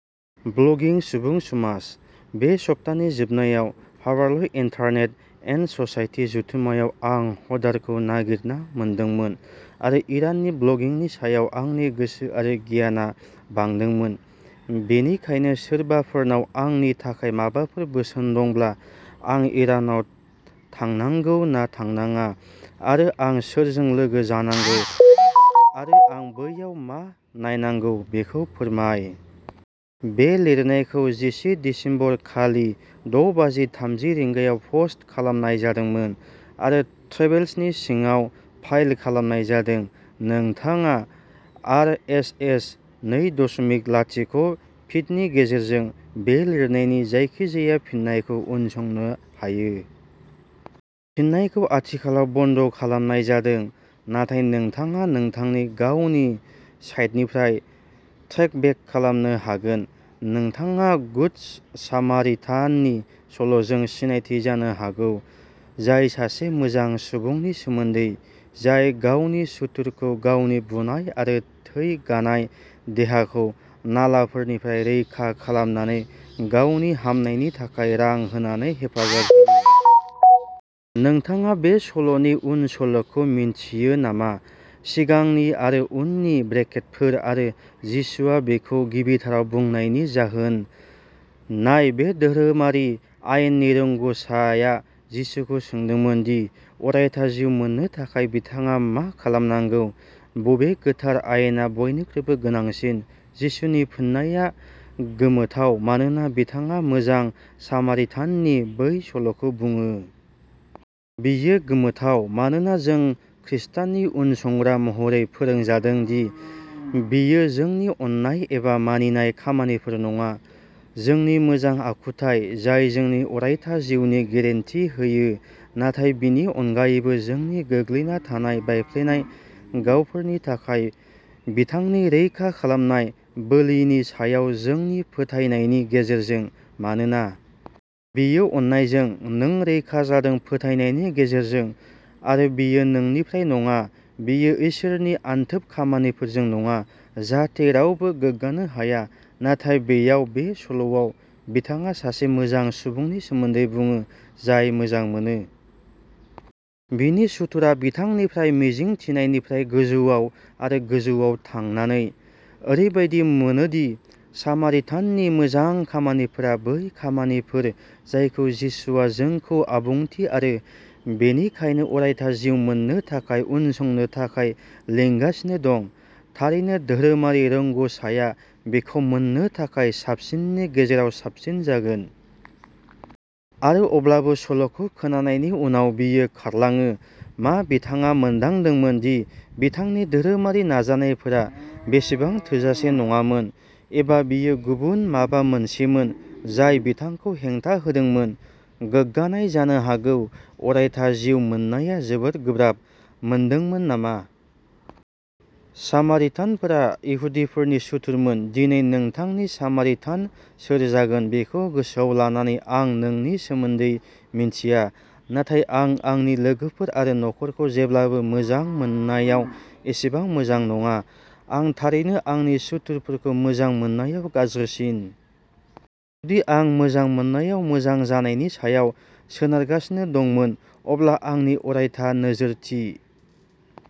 ब्लगिं सुबुं समाज। बे सप्तानि जोबनायाव हार्भार्ड ल इन्टारनेट एन्ड ससाइटि जथुम्मायाव आं हडारखौ नागिरना मोनदोंमोन आरो इराननि ब्लगिंनि सायाव आंनि गोसो आरो गियाना बांदोंमोन। बेनिखायनो सोरबाफोरनाव आंनि थाखाय माबाफोर बोसोन दंब्ला आं इरानाव थांनांगौ ना थांनाङा आरो आं सोरजों लोगो जानांगौ आरो आं बैयाव मा नायनांगौ बेखौ फोरमाय। बे लिरनायखौ जिसे दिसेम्बर खालि द’ बाजि थामजिद’ रिंगायाव पस्ट खालामनाय जादोंमोन आरो ट्रेभेल्सनि सिङाव फाइल खालामनाय जादों। नोंथाङा आर. एस. एस. नै दसमिक लाथिख’ फिडनि गेजेरजों बे लिरनायनि जायखिजाया फिननायखौ उनसंनो हायो। फिननायखौ आथिखालाव बन्द’ खालामनाय जादों। नाथाय नोंथाङा नोंथांनि गावनि साइटनिफ्राय ट्रेकबेक खालामनो हागोन। नोंथाङा गुड सामारिटाननि सल'जों सिनायथि जानो हागौ जाय सासे मोजां सुबुंनि सोमोन्दै जाय गावनि सुथुरखौ गावनि बुनाय आरो थै गानाय देहाखौ नालाफोरनिफ्राय रैखा खालामनानै गावनि हामनायनि थाखाय रां होनानै हेफाजाब होयो। नोंथाङा बे सल'नि उन सल'खौ मिथियो नामा? सिगांनि आरो उननि ब्रेकेटफोर आरो जिसुआ बेखौ गिबिथाराव बुंनायनि जाहोन नाय बे धोरोमारि आयेननि रोंग'साआ जिसुखौ सोंदोंमोन दि अरायथा जिउ मोननो थाखाय बिथाङा मा खालामनांगौ बबे गोथार आयेना बयनिख्रुइबो गोनांसिन जिसुनि फिननाया गोमोथाव मानोना बिथाङा मोजां सामारिटाननि बै सल'खौ बुङो। बेयो गोमोथाव मानोना जों ख्रिष्टाननि उनसंग्रा महरै फोरोंजादों दि बेयो जोंनि अननाय एबा मानिनाय खामानिफोर नङा जोंनि मोजां आखुथाइ जाय जोंनि अरायथा जिउनि गेरेन्टि होयो‌ नाथाय बिनि अननायजों जोंनि गोग्लैना थानाय बायफ्लेनाय गावफोरनि थाखाय बिथांनि रैखा खालामनाय बोलिनि सायाव जोंनि फोथायनायनि गेजेरजों। मानोना बेयो अननायजों नों रैखा जादों फोथायनायनि गेजेरजों आरो बेयो नोंनिफ्राय नङा‌ बेयो इसोरनि अनथोब खामानिफोरजों नङा जाहाथे रावबो गोग्गानो हाया। नाथाय बेयाव बे सल'आव बिथाङा सासे मोजां सुबुंनि सोमोन्दै बुङो जाय मोजां मोनो। बिनि सुथुरआ बिथांनिफ्राय मिजिंथिनायनिफ्राय गोजौआव आरो गोजौआव थांनानै। ओरैबायदि मोनोदि सामारिटाननि मोजां खामानिफोरा बै खामानिफोर जायखौ जिसुआ जोंखौ आबुंथि आरो बेनिखायनो अरायथा जिउ मोननो थाखाय उनसंनो थाखाय लिंगासिनो दं। थारैनो धोरोमारि रोंग'साआ बेखौ मोननो थाखाय साबसिननि गेजेराव साबसिन जागोन। आरो अब्लाबो सल'खौ खोनानायनि उनाव बियो खारलाङो मा बिथाङा मोनदांदोंमोन दि बिथांनि धोरोमारि नाजानायफोरा बेसेबां थोजासे नङामोन एबा बेयो गुबुन माबा मोनसेमोन जाय बिथांखौ हेंथा होदोंमोन, गोग्गानाय जानो हागौ। अरायथा जिउ मोननाया जोबोद गोब्राब मोनदोंमोन नामा? सामारिटानफोरा इहुदिफोरनि सुथुरमोन दिनै नोंथांनि सामारिटान सोर जागोन बेखौ गोसोआव लानानै आं नोंनि सोमोन्दै मिथिया नाथाय आं आंनि लोगोफोर आरो नखरखौ जेब्लाबो मोजां मोननायाव एसेबां मोजां नङा। आं थारैनो आंनि सुथुरफोरखौ मोजां मोननायाव गाज्रिसिन। दि आं मोजां मोननायाव मोजां जानायनि सायाव सोनारगासिनो दंमोन अब्ला आंनि अरायथा नोजोरथि।